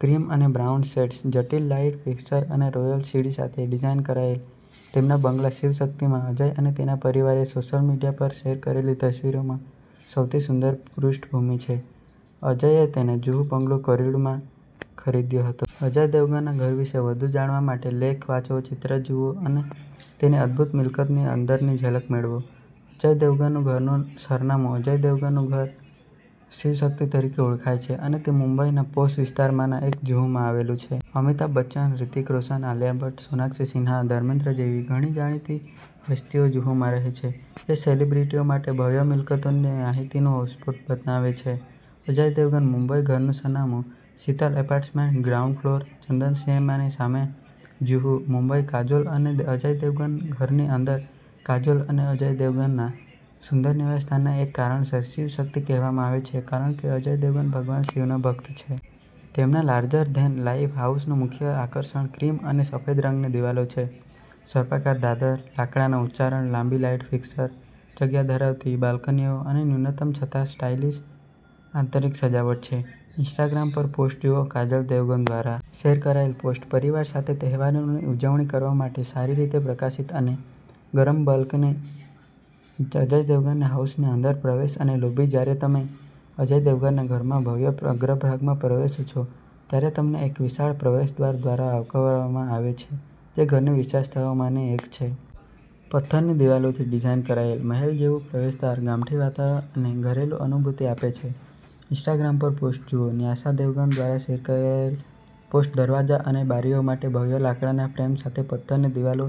Cream અને brown shades, જટિલ light fixture અને રોયલ સીડી સાથે ડિઝાઇન કરાયેલ, તેમના બંગલા 'શિવશક્તિ'માં અજય અને તેના પરિવારે સોશિયલ મીડિયા પર શેર કરેલી તસવીરોમાં સૌથી સુંદર પૃષ્ઠભૂમિ છે. અજયે તેનો જુહુ બંગલો કરોડમાં ખરીદ્યો હતો. અજય દેવગનના ઘર વિશે વધુ જાણવા માટેલેખ વાંચો, ચિત્રો જુઓ અને તેની અદભૂત મિલકતની અંદરની ઝલક મેળવો. અજય દેવગન ઘરનું સરનામું અજય દેવગનનું ઘર 'શિવશક્તિ' તરીકે ઓળખાય છે અને તે મુંબઈના પોશ વિસ્તારોમાંના એક જુહુમાં આવેલું છે. અમિતાભ બચ્ચન, હૃતિક રોશનઆલિયા ભટ્ટ, સોનાક્ષી સિન્હા અને ધર્મેન્દ્ર જેવી ઘણી જાણીતી હસ્તીઓ જુહુમાં રહે છે, જે સેલિબ્રિટીઓ માટે ભવ્ય મિલકતોની માલિકીનું હોટસ્પોટ બનાવે છે. અજય દેવગન મુંબઈ ઘરનું સરનામું/, Sheetal apartments, ground floor, Chandan સિનેમાની સામે, જુહુ, મુંબઈ કાજોલ અને અજય દેવગન ઘરની અંદર કાજોલ અને અજય દેવગનના સુંદર નિવાસસ્થાનને એક કારણસર 'શિવશક્તિ' કહેવામાં આવે છે, કારણ કે અજય દેવગન ભગવાન શિવનો ભક્ત છે. તેમના લાર્જર-ધેન-લાઇફ હાઉસનું મુખ્ય આકર્ષણ ક્રીમ અને સફેદ રંગની દિવાલો, સર્પાકાર દાદર, લાકડાના ઉચ્ચારણ, લાંબી લાઈટ ફિક્સર, જગ્યા ધરાવતી બાલ્કનીઓ અને ન્યૂનતમ છતાં સ્ટાઇલિશ આંતરિક સજાવટ છે. ઇન્સ્ટાગ્રામ પરપોસ્ટ જુઓ કાજોલ દેવગન દ્વારા શેર કરાયેલ પોસ્ટ પરિવાર સાથે તહેવારોની ઉજવણી કરવા માટે સારી રીતે પ્રકાશિત અને ગરમ બાલ્કની અજય દેવગન હાઉસની અંદર પ્રવેશ અને લોબી જ્યારે તમે અજય દેવગનના ઘરના ભવ્ય અગ્રભાગમાં પ્રવેશો છો, ત્યારે તમને એક વિશાળ પ્રવેશદ્વાર દ્વારા આવકારવામાં આવે છે જે ઘરની વિશેષતાઓમાંની એક છે. પથ્થરની દિવાલોથી ડિઝાઇન કરાયેલ, મહેલ જેવું પ્રવેશદ્વાર ગામઠી વાતાવરણ અને ઘરેલું અનુભૂતિ આપે છે. ઇન્સ્ટાગ્રામ પરપોસ્ટ જુઓ ન્યાસા દેવગન દ્વારા શેર કરાયેલ પોસ્ટ દરવાજા અને બારીઓ માટે ભવ્ય લાકડાના ફ્રેમ સાથે પથ્થરની દિવાલો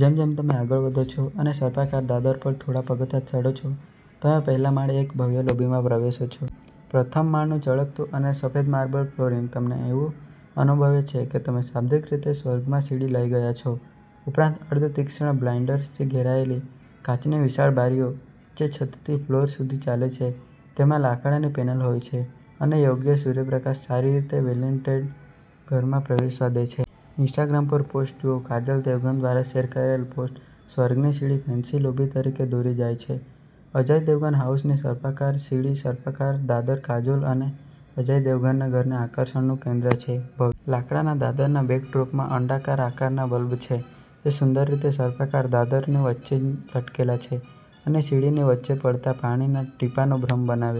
જેમ જેમ તમે આગળ વધો છો અને સર્પાકાર દાદર પર થોડા પગથિયાં ચઢો છો, તમે પહેલા માળે એક ભવ્ય લોબીમાં પ્રવેશો છો. પ્રથમ માળનું ચળકતું અને સફેદ માર્બલ ફ્લોરિંગ તમને એવું અનુભવે છે કે તમે શાબ્દિક રીતે સ્વર્ગમાં સીડી લઈ ગયા છો. ઉપરાંત, અર્ધ-તીક્ષ્ણ બ્લાઇંડર્સથી ઘેરાયેલી, કાચની વિશાળ બારીઓ જે છતથી ફ્લોર સુધી ચાલે છે તેમાં લાકડાની પેનલ હોય છે અને યોગ્ય સૂર્યપ્રકાશ સારી રીતે વેલેન્ટેડ ઘરમાં પ્રવેશવા દે છે. ઇન્સ્ટાગ્રામ પરપોસ્ટ જુઓ કાજોલ દેવગન દ્વારા શેર કરાયેલ પોસ્ટ સ્વર્ગની સીડી ફેન્સી લોબી તરફ દોરી જાય છે અજય દેવગન હાઉસની સર્પાકાર સીડી સર્પાકાર દાદર કાજોલ અને અજય દેવગનના ઘરના આકર્ષણનું કેન્દ્ર છે. ભવ્ય લાકડાના દાદરના બેકડ્રોપમાં અંડાકાર આકારના બલ્બ છે જે સુંદર રીતે સર્પાકાર દાદરની વચ્ચે લટકેલા છે અને સીડીની વચ્ચે પડતા પાણીના ટીપાંનો ભ્રમ બનાવે